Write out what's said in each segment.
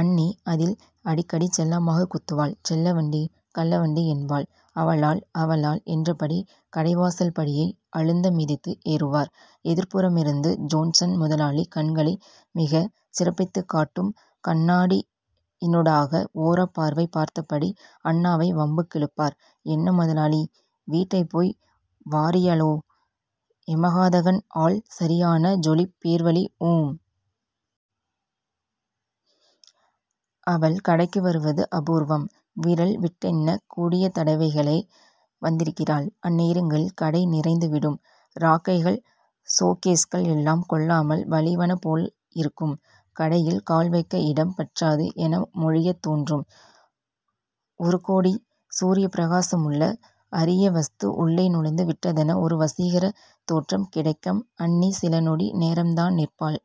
அண்ணிஅதில் அடிக்கடி செல்லமாகக் குத்துவாள். செல்லவண்டி... கள்ளவண்டி என்பாள். அவளால்..அவளால் என்றபடி கடைவாசல்படியை அழுந்த மிதித்து ஏறுவார். எதிர்புறமிருந்து ஜோன்சன் முதலாளி கண்களை மிகச் சிறப்பித்துக் காட்டும் கண்ணாடியினூடாக ஓரப்பார்வை பார்த்தபடி அண்ணாவை வம்புக்கிழுப்பார். என்ன முதலாளி... வீட்டை போய் வாறியளோ....? எமகாதகன் ஆள் சரியான ஜொலிப் பேர்வழி ஊம்... அவள் கடைக்கு வருவது அபூர்வம். விரல் விட்டெண்ணக் கூடிய தடவைகளே வந்திருக்கிறாள். அந்நேரங்களில் கடை நிறைந்து விடும். றாக்கைகள் ஷோகேஸ்கள் எல்லாம் கொள்ளாமல் வழிவன போல இருக்கும். கடையில் கால்வைக்க இடம் பற்றாது என மொழியத் தோன்றும். ஒரு கோடி சூரியப் பிரகாசமுள்ள அரிய வஸ்து உள்ளே நுழைந்து விட்டதென ஒரு வசீகரத் தோற்றம் கிடைக்கம் அண்ணி சிலநொடி நேரம்தான் நிற்பாள்.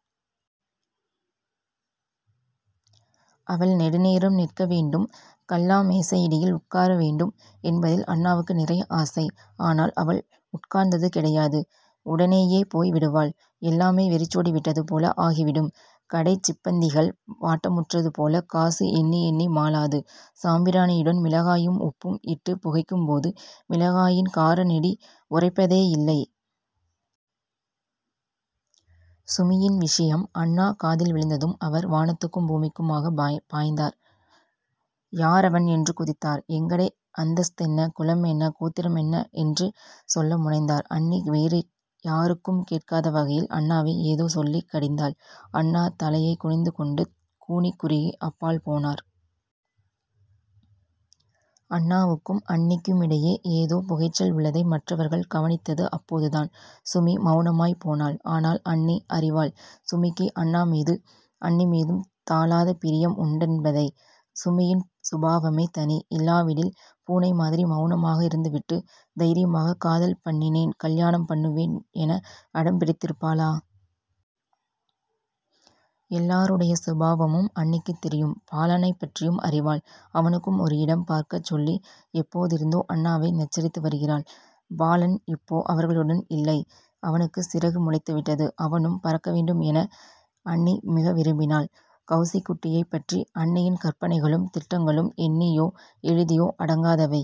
அவள் நெடுநேரம் நிற்க வேண்டும் கல்லா மேசையடியில் உட்கார வேண்டும், என்பதில் அண்ணாவுக்கு நிறைய ஆசை. ஆனால் அவள் உட்கார்ந்தது கிடையாது, உடனேயே போய் விடுவாள். எல்லாமே வெறிச்சோடி விட்டது போல ஆகிவிடும் கடைச் சிப்பந்திகள் வாட்டமுற்றது போலக் காசு எண்ணியெண்ணி மாளாது. சாம்பிராணியுடன் மிளகாயும் உப்பும் இட்டுப் புகைக்கும் போது மிளகாயின் காரநெடி உறைப்பதேயில்லை. சுமியின் விஷயம் அண்ணா காதில் விழுந்ததும் அவர் வானத்துக்கும் பூமிக்குமாகப் பாய்ந்தார். யாரவன்? என்று குதித்தார். எங்கடை அந்தஸ்தென்ன.... குலமென்ன கோத்திரமென்னஎன்று சொல்ல முனைந்தார். அண்ணி வேறுயாருக்கும் கேட்காத வகையில் அண்ணாவை ஏதோ சொல்லிக் கடிந்தாள். அண்ணா தலையைக் குனிந்து கொண்டு கூனிக் குறுகி அப்பால் போனார். அண்ணாவுக்கும் அண்ணிக்குமிடையே ஏதோ புகைச்சல் உள்ளதை மற்றவர்கள் கவனித்தது அப்போதுதான். சுமி மெளனமாய்ப் போனாள். ஆனால் அண்ணி அறிவாள் சுமிக்கு அண்ணாமீதும் அண்ணிமீதும் தாளாத பிரியம் உண்டென்பதை. சுமியின் சுபாவமே தனி. இல்லாவிடில் பூனை மாதிரி மெளனமாக இருந்துவிட்டு தைரியமாகக் காதல் பண்ணினேன் கல்யாணம் பண்ணுவேன் என அடம் பிடித்திருப்பாளா? எல்லோருடைய சுபாவமும் அண்ணிக்குத் தெரியும். பாலனைப் பற்றியும் அறிவாள். அவனுக்கும் ஒரு இடம் பார்க்கச் சொல்லி எப்போதிருந்தோ அண்ணாவை நச்சரித்து வருகிறாள். பாலன் இப்போ அவர்களுடன் இல்லை. அவனுக்குச் சிறகு முளைத்துவிட்டது. அவனும் பறக்க வேண்டும் என அண்ணி மிக விரும்பினாள். கெளசிக்குட்டியைப் பற்றி அண்ணியின் கற்பனைகளும் திட்டங்களும் எண்ணியோ எழுதியோ அடங்காதவை.